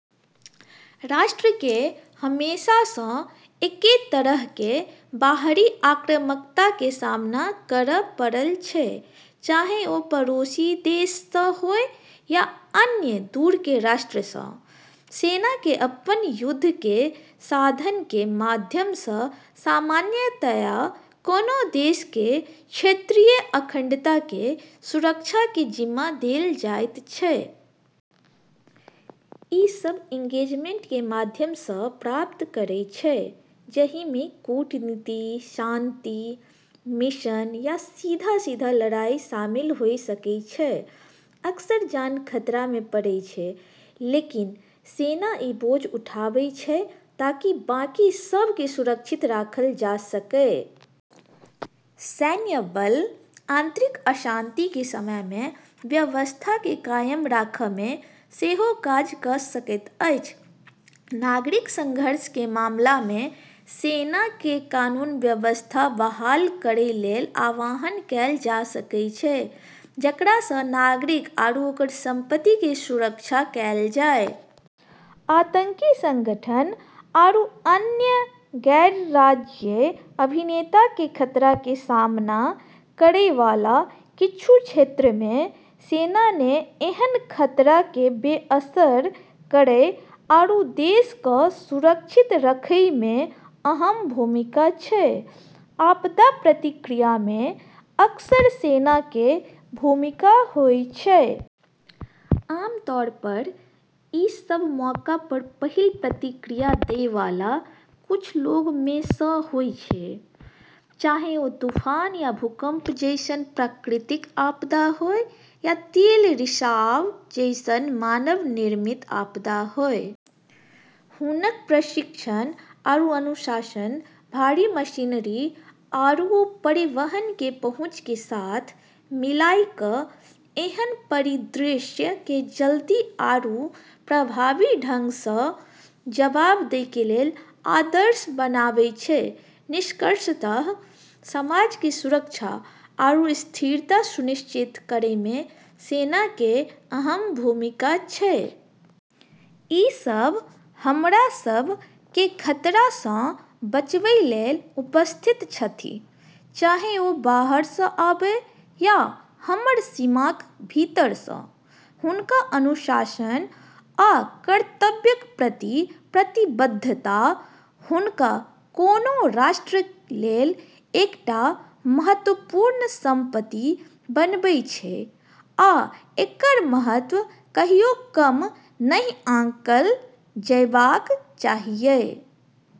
राष्ट्र के हमेशासँ एके तरह के बाहरी आक्रामकता के सामना करय पड़ल छै, चाहे ओ पड़ोसी देश सँ होय या अन्य दूर के राष्ट्र सँ। सेना के अपन युद्ध के साधन के माध्यम सँ सामान्यतया कोनो देश के क्षेत्रीय अखंडता के सुरक्षा के जिम्मा देल जाइत छै। ई सब एंगेजमेंट के माध्यम सँ प्राप्त करै छै जहि में कूटनीति, शांति मिशन या सीधा-सीधा लड़ाई शामिल होय सकै छै। अक्सर जान खतरा में पड़ै छै, लेकिन सेना ई बोझ उठाबै छै ताकि बाकी सब के सुरक्षित राखल जा सकै। सैन्य बल आंतरिक अशांति के समय में व्यवस्था के कायम राखय में सेहो काज क' सकैत अछि। नागरिक संघर्ष के मामला में सेना के कानून-व्यवस्था बहाल करै लेल आह्वान कएल जा सकै छै, जेकरा सँ नागरिक आरू ओकर संपत्ति के सुरक्षा कएल जाय। आतंकी संगठन आरू अन्य गैर-राज्यीय अभिनेता के खतरा के सामना करै वाला किछु क्षेत्र में सेना ने एहन खतरा के बेअसर करै आरू देश क सुरक्षित रखै में अहम भूमिका छै। आपदा प्रतिक्रिया में अक्सर सेना के भूमिका होय छै। आमतौर पर ई सब मौका पर पहिल प्रतिक्रिया दै वाला कुछ लोग में सँ होय छै, चाहे ओ तूफान या भूकंप जैसन प्राकृतिक आपदा होय, या तेल रिसाव जैसन मानव निर्मित आपदा होय। हुनक प्रशिक्षण आरू अनुशासन, भारी मशीनरी आरू परिवहन के पहुँच के साथ मिलाय कऽ एहन परिदृश्य के जल्दी आरू प्रभावी ढंग सँ जवाब दै के लेल आदर्श बनाबै छै। निष्कर्षतः समाज के सुरक्षा आरू स्थिरता सुनिश्चित करै में सेना के अहम भूमिका छै। ई सब हमरा सब के खतरा सँ बचबय लेल उपस्थित छथि, चाहे ओ बाहर सँ आबय या हमर सीमाक भीतर सँ। हुनक अनुशासन आ कर्तव्यक प्रति प्रतिबद्धता हुनका कोनो राष्ट्र लेल एकटा महत्वपूर्ण संपत्ति बनबै छै, आ एकर महत्व कहियो कम नहि आँकल जयबाक चाहियै।